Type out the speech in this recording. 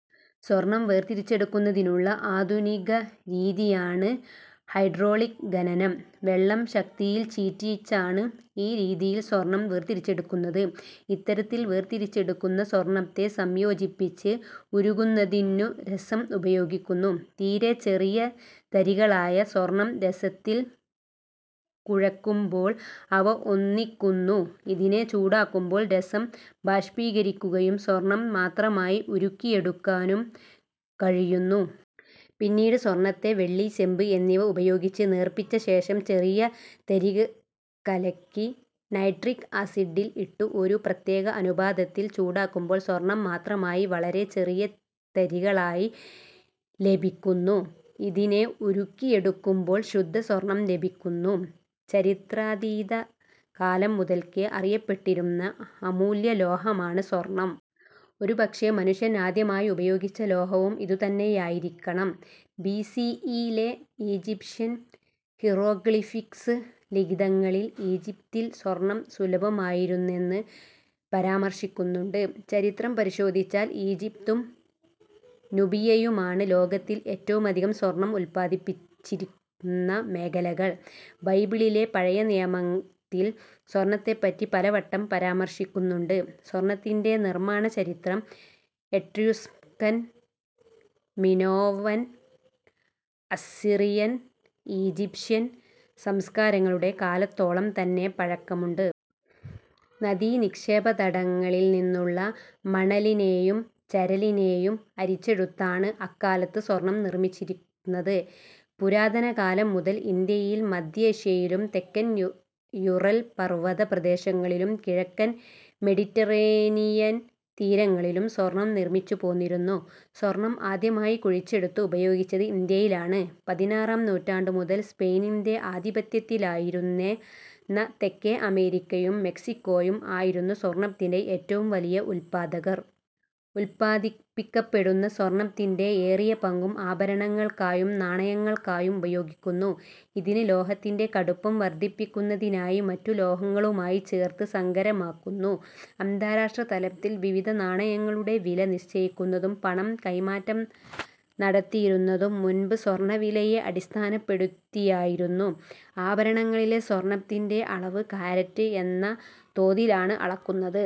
സ്വർണ്ണം വേർതിരിച്ചെടുക്കുന്നതിനുള്ള ആധുനികരീതിയാണ് ഹൈഡ്രോളിക് ഖനനം. വെള്ളം ശക്തിയിൽ ചീറ്റിച്ചാണ് ഈ രീതിയിൽ സ്വർണ്ണം വേർതിരിച്ചെടുക്കുന്നത്. ഇത്തരത്തിൽ വേർതിരിച്ചെടുക്കുന്ന സ്വർണ്ണത്തെ സംയോജിപ്പിച്ച് ഉരുക്കുന്നത്തിനു രസം ഉപയോഗിക്കുന്നു. തീരെ ചെറിയ തരികളായ സ്വർണം രസത്തിൽ കുഴക്കുമ്പോൾ അവ ഒന്നിക്കുന്നു ഇതിനെ ചൂടാക്കുമ്പോൾ രസം ബഷ്പീകരിക്കുകയും സ്വർണം മാത്രമായി ഉരുക്കിയെടുക്കാനും കഴിയുന്നു. പിന്നീട് സ്വർണത്തെ വെള്ളി, ചെമ്പ് എന്നിവ ഉപയോഹിച്ചു നേർപ്പിച്ച ശേഷം ചെറിയ തരികലക്കി നൈട്രിക് ആസിഡിൽ ഇട്ടു ഒരു പ്രത്യേക അനുപാതത്തിൽ ചൂടാക്കുമ്പോൾ സ്വർണം മാത്രമായി വളരെ ചെറിയ തരികളായി ലെഭിക്കുന്നു ഇതിനെ ഉരുക്കിയെടുക്കുമ്പോൾ ശുദ്ധ സ്വർണം ലെഭിക്കുന്നു. ചരിത്രാതീത കാലം മുതൽക്കേ അറിയപ്പെട്ടിരുന്ന അമൂല്യലോഹമാണ് സ്വർണ്ണം. ഒരുപക്ഷേ മനുഷ്യൻ ആദ്യമായി ഉപയോഗിച്ച ലോഹവും ഇതുതന്നെയായിരിക്കണം. ബി. സി. ഇ. ലെ ഈജിപ്ഷ്യൻ ഹീറോഗ്ലിഫിക്സ് ലിഖിതങ്ങളിൽ ഈജിപ്തിൽ സ്വർണ്ണം സുലഭമായിരുന്നെന്ന് പരാമർശിക്കുന്നുണ്ട്. ചരിത്രം പരിശോധിച്ചാൽ ഈജിപ്തും നുബിയയുമാണ് ലോകത്തിൽ ഏറ്റവുമധികം സ്വർണ്ണം ഉല്പ്പാദിപ്പിച്ചിരുന്ന മേഖലകൾ. ബൈബിളിലെ പഴയ നിയമത്തിൽ സ്വർണ്ണത്തെപ്പറ്റി പലവട്ടം പരാമർശിക്കുന്നുണ്ട്. സ്വർണ്ണത്തിന്റെ നിർമ്മാണചരിത്രം എട്രൂസ്കൻ, മിനോവൻ, അസ്സിറിയൻ, ഈജിപ്ഷ്യൻ സംസ്കാരങ്ങളുടെ കാലത്തോളം തന്നെ പഴക്കമുണ്ട്. നദീനിക്ഷേപതടങ്ങളിൽ നിന്നുള്ള മണലിനെയും ചരലിനേയും അരിച്ചെടുത്താണ് അക്കാലത്ത് സ്വർണ്ണം നിർമ്മിച്ചിരുന്നത്. പുരാതനകാലം മുതൽ ഇന്ത്യയിൽ മദ്ധ്യേഷ്യയിലും തെക്കൻ യുറൽ പർവ്വത പ്രദേശങ്ങളിലും കിഴക്കൻ മെഡിറ്ററേനിയൻ തീരങ്ങളിലും സ്വർണ്ണം നിർമ്മിച്ചു പോന്നിരുന്നു. സ്വർണ്ണം ആദ്യമായി കുഴിച്ചെടുത്ത് ഉപയോഗിച്ചത് ഇന്ത്യയിലാണ്. പതിനാറാം നൂറ്റാണ്ടു മുതൽ സ്പെയിനിന്റെ ആധിപത്യത്തിലായിരുന്ന തെക്കേ അമേരിക്കയും മെക്സിക്കോയും ആയിരുന്നു സ്വർണ്ണത്തിന്റെ ഏറ്റവും വലിയ ഉൽപ്പാദകർ. ഉൽപ്പാദിപ്പിക്കപ്പെടുന്ന സ്വർണ്ണത്തിന്റെ ഏറിയ പങ്കും ആഭരണങ്ങൾക്കായും നാണയങ്ങൾക്കായും ഉപയോഗിക്കുന്നു. ഇതിന് ലോഹത്തിന്റെ കടുപ്പം വർദ്ധിപ്പിക്കുന്നതിനായി മറ്റു ലോഹങ്ങളുമായി ചേർത്ത് സങ്കരമാക്കുന്നു. അന്താരാഷ്ട്രതലത്തിൽ വിവിധ നാണയങ്ങളുടെ വില നിശ്ചയിക്കുന്നതും പണം കൈമാറ്റം നടത്തിയിരുന്നതും മുൻപ് സ്വർണ്ണവിലയെ അടിസ്ഥാനപ്പെടുത്തിയായിരുന്നു. ആഭരണങ്ങളിലെ സ്വർണ്ണത്തിന്റെ അളവ് കാരറ്റ് എന്ന തോതിലാണ് അളക്കുന്നത്.